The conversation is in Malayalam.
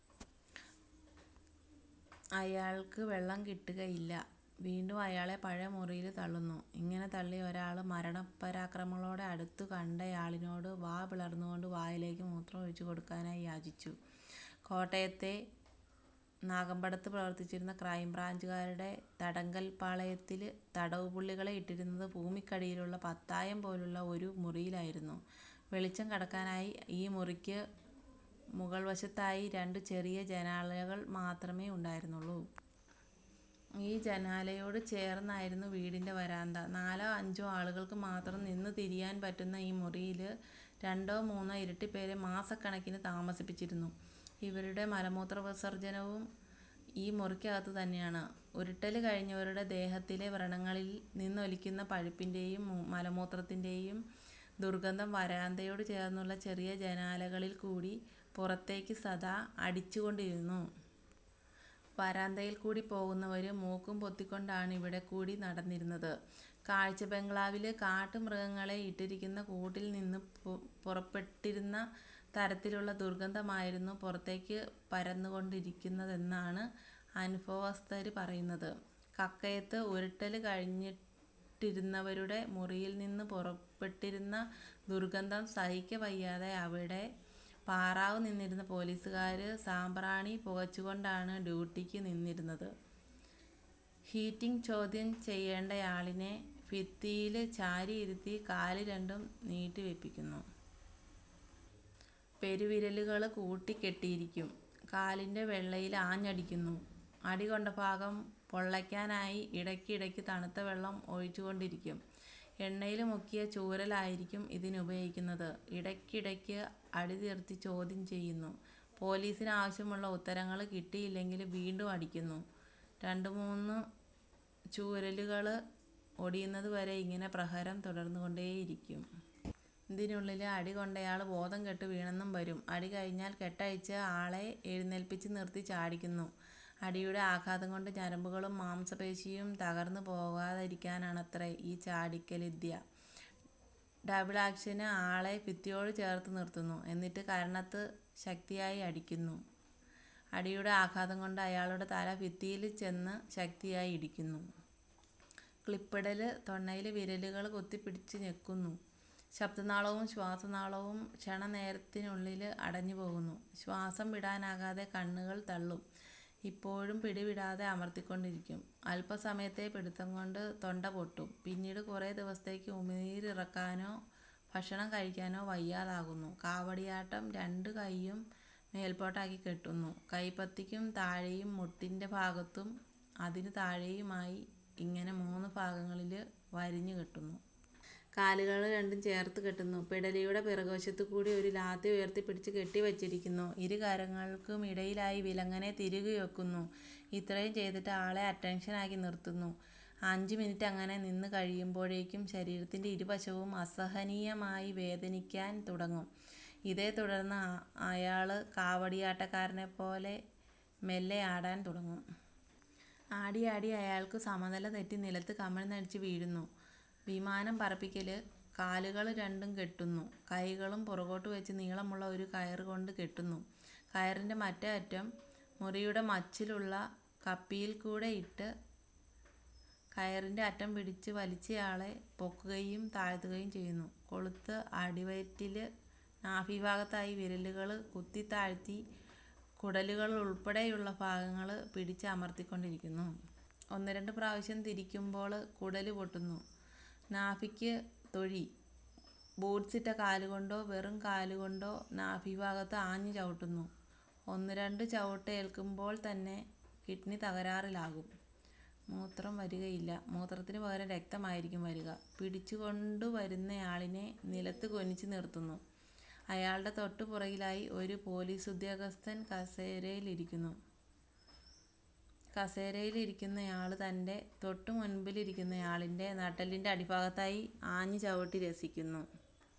അയാള്ക്ക് വെള്ളം കിട്ടുകയില്ല. വീണ്ടും അയാളെ പഴയ മുറിയില് തള്ളുന്നു. ഇങ്ങനെ തള്ളിയ ഒരാള് മരണപരാക്രമങ്ങളോടെ അടുത്തു കണ്ടയാളിനോട് വാപിളര്ന്നുകൊണ്ട് വായിലേക്ക് മൂത്രം ഒഴിച്ചുകൊടുക്കാനായി യാചിച്ചു. കോട്ടയത്തെ നാഗമ്പടത്ത് പ്രവര്ത്തിച്ചിരുന്ന ക്രൈംബ്രാഞ്ചുകാരുടെ തടങ്കല്പ്പാളയത്തില് തടവുപുള്ളികളെ ഇട്ടിരുന്നത് ഭൂമിക്കടിയിലുള്ള പത്തായംപോലെയുള്ള ഒരു മുറിയിലായിരുന്നു. വെളിച്ചം കടക്കാനായി ഈ മുറിക്ക് മുകള്വശത്തായി രണ്ടു ചെറിയ ജനാലകള് മാത്രമേ ഉണ്ടായിരുന്നുള്ളൂ. ഈ ജനാലയോടു ചേര്ന്നായിരുന്നു വീടിന്റെ വരാന്ത. നാലോ അഞ്ചോ ആളുകള്ക്ക് മാത്രം നിന്നു തിരിയാന് പറ്റുന്ന ഈ മുറിയില് രണ്ടോ മൂന്നോ ഇരട്ടിപ്പേരെ മാസക്കണക്കിന് താമസിപ്പിച്ചിരുന്നു. ഇവരുടെ മലമൂത്രവിസര്ജനവും ഈ മുറിക്കകത്ത് തന്നെയാണ്. ഉരുട്ടല് കഴിഞ്ഞവരുടെ ദേഹത്തിലെ വ്രണങ്ങളില് നിന്നൊലിക്കുന്ന പഴുപ്പിന്റെയും, മലമൂത്രത്തിന്റെയും ദുര്ഗന്ധം വരാന്തയോട് ചേര്ന്നുള്ള ചെറിയ ജനാലകളില്ക്കൂടി പുറത്തേക്ക് സദാ അടിച്ചുകൊണ്ടിരുന്നു. വരാന്തയില്ക്കൂടി പോകുന്നവര് മൂക്കുപൊത്തിക്കൊണ്ടാണിവിടെക്കൂടി നടന്നിരുന്നത്. കാഴ്ചബംഗ്ലാവില് കാട്ടുമൃഗങ്ങളെ ഇട്ടിരിക്കുന്ന കൂട്ടില്നിന്ന് പുറപ്പെട്ടിരുന്ന തരത്തിലുള്ള ദുര്ഗന്ധമായിരുന്നു പുറത്തേക്ക് പരന്നുകൊണ്ടിരുന്നതെന്നാണ് അനുഭവസ്ഥര് പറയുന്നത്. കക്കയത്ത് ഉരുട്ടല് കഴിഞ്ഞിട്ടിരുന്നവരുടെ മുറിയില്നിന്ന് പുറപ്പെട്ടിരുന്ന ദുര്ഗന്ധം സഹിക്കവയ്യാതെ, അവിടെ പാറാവ് നിന്നിരുന്ന പോലീസുകാര് സാമ്പ്രാണി പുകച്ചുകൊണ്ടാണ് ഡ്യൂട്ടിക്ക് നിന്നിരുന്നത്.. ഹീറ്റിങ് ചോദ്യം ചെയ്യേണ്ടയാളിനെ ഭിത്തിയില് ചാരിയിരുത്തി കാല് രണ്ടും നീട്ടിവെപ്പിക്കുന്നു. പെരുവിരലുകള് കൂട്ടിക്കെട്ടിയിരിക്കും. കാലിന്റെ വെള്ളയില് ആഞ്ഞടിക്കുന്നു. അടി കൊണ്ട ഭാഗം പൊള്ളയ്ക്കാനായി ഇടയ്ക്കിടയ്ക്ക് തണുത്ത വെള്ളം ഒഴിച്ചുകൊണ്ടിരിക്കും. എണ്ണയില് മുക്കിയ ചൂരലായിരിക്കും ഇതിനുപയോഗിക്കുന്നത്. ഇടയ്ക്കിടയ്ക്ക് അടി നിര്ത്തി ചോദ്യം ചെയ്യുന്നു. പോലീസിന് ആവശ്യമുള്ള ഉത്തരങ്ങള് കിട്ടിയില്ലെങ്കില് വീണ്ടും അടിക്കുന്നു. രണ്ടുമൂന്നു ചൂരലുകള് ഒടിയുന്നതുവരെ ഇങ്ങനെ പ്രഹരം തുടര്ന്നുകൊണ്ടേയിരിക്കും. ഇതിനുള്ളില് അടികൊണ്ടയാള് ബോധംകെട്ടു വീണെന്നും വരും. അടി കഴിഞ്ഞാല് കെട്ടഴിച്ച് ആളെ എഴുന്നേല്പിച്ച് നിര്ത്തി ചാടിക്കുന്നു. അടിയുടെ ആഘാതംകൊണ്ട്, ഞരമ്പുകളും മാംസപേശിയും തകര്ന്നുപോകാതിരിക്കാനാണത്രേ ഈ ചാടിക്കല്വിദ്യ.. ഡബിള് ആക്ഷന് ആളെ ഭിത്തിയോടു ചേര്ത്തു നിര്ത്തുന്നു. എന്നിട്ട് കരണത്ത് ശക്തിയായി അടിക്കുന്നു. അടിയുടെ ആഘാതംകൊണ്ട് അയാളുടെ തല ഭിത്തിയില് ചെന്ന് ശക്തിയായി ഇടിക്കുന്നു.. ക്ലിപ്പിടല് തൊണ്ണയില് വിരലുകള് കുത്തിപ്പിടിച്ച് ഞെക്കുന്നു. ശബ്ദനാളവും ശ്വാസനാളവും ക്ഷണനേരത്തിനുള്ളില് അടഞ്ഞുപോകുന്നു. ശ്വാസം വിടാനാകാതെ കണ്ണുകള് തള്ളും. ഇപ്പോഴും പിടിവിടാതെ അമര്ത്തിക്കൊണ്ടിരിക്കും. അല്പസമയത്തെ പിടുത്തംകൊണ്ട് തൊണ്ട പൊട്ടും. പിന്നീട് കുറെ ദിവസത്തേക്ക് ഉമിനീരിറക്കാനോ ഭക്ഷണം കഴിക്കാനോ വയ്യാതാകുന്നു.. കാവടിയാട്ടം രണ്ടു കൈയും മേല്പോട്ടാക്കി കെട്ടുന്നു. കൈപ്പത്തിക്കു താഴേയും മുട്ടിന്റെ ഭാഗത്തും, അതിനു താഴേയുമായി ഇങ്ങനെ മൂന്നു ഭാഗങ്ങളില് വരിഞ്ഞുകെട്ടുന്നു. കാലുകള് രണ്ടും ചേര്ത്തു കെട്ടുന്നു. പിടലിയുടെ പിറകുവശത്തുകൂടി ഒരു ലാത്തി ഉയര്ത്തിപ്പിടിച്ച് കെട്ടിവെച്ചിരിക്കുന്നു ഇരു കരങ്ങള്ക്കും ഇടയിലായി വിലങ്ങനെ തിരുകിവെക്കുന്നു. ഇത്രയും ചെയ്തിട്ട് ആളെ അറ്റന്ഷനായി നിര്ത്തുന്നു. അഞ്ചു മിനിട്ടങ്ങനെ നിന്നുകഴിയുമ്പോഴേക്കും ശരീരത്തിന്റെ ഇരുവശവും അസഹനീയമായി വേദനിക്കാന് തുടങ്ങും. ഇതേത്തുടര്ന്ന് അയാള് കാവടിയാട്ടക്കാരനെപ്പോലെ മെല്ലെയാടാന് തുടങ്ങും. ആടിയാടി അയാള്ക്കു സമനിലതെറ്റി നിലത്ത് കമഴ്ന്നടിച്ച് വീഴുന്നു.. വിമാനം പറപ്പിക്കല് കാലുകള് രണ്ടും കെട്ടുന്നു. കൈകളും പുറകോട്ട് വെച്ച് നീളമുള്ള ഒരു കയര്കൊണ്ട് കെട്ടുന്നു. കയറിന്റെ മറ്റേ അറ്റം, മുറിയുടെ മച്ചിലുള്ള കപ്പിയില്ക്കൂടെയിട്ട് കയറിന്റെ അറ്റം പിടിച്ച് വലിച്ചയാളെ പൊക്കുകയും താഴ്ത്തുകയും ചെയ്യുന്നു.. കൊളുത്ത് അടിവയറ്റില് നാഭിഭാഗത്തായി വിരലുകള് കുത്തിത്താഴ്ത്തി കുടലുകളുള്പ്പെടെയുള്ള ഭാഗങ്ങള് പിടിച്ച് അമര്ത്തിത്തിരിക്കുന്നു. ഒന്നുരണ്ടു പ്രാവശ്യം തിരിക്കുമ്പോള് കുടല് പൊട്ടുന്നു.. നാഭിക്ക് തൊഴി ബൂട്സിട്ട കാലുകൊണ്ടോ വെറും കാലുകൊണ്ടോ നാഭിഭാഗത്ത് ആഞ്ഞു ചവിട്ടുന്നു. ഒന്നുരണ്ടു ചവിട്ടേല്ക്കുമ്പോള്ത്തന്നെ കിഡ്നി തകരാറിലാകും. മൂത്രം വരുകയില്ല. മൂത്രത്തിനു പകരം രക്തമായിരിക്കും വരുക. പിടിച്ചുകൊണ്ടുവരുന്നയാളിനെ നിലത്ത് കുനിച്ചിരുത്തുന്നു. അയാളുടെ തൊട്ടുപുറകിലായി ഒരു പോലീസുദ്യോഗസ്ഥന് കസേരയിലിരിക്കുന്നു. കസേരയിലിരിക്കുന്നയാള് തന്റെ തൊട്ടുമുന്പിലിരിക്കുന്നയാളിന്റെ നട്ടെല്ലിന്റെ അടിഭാഗത്തായി ആഞ്ഞുചവിട്ടി രസിക്കുന്നു..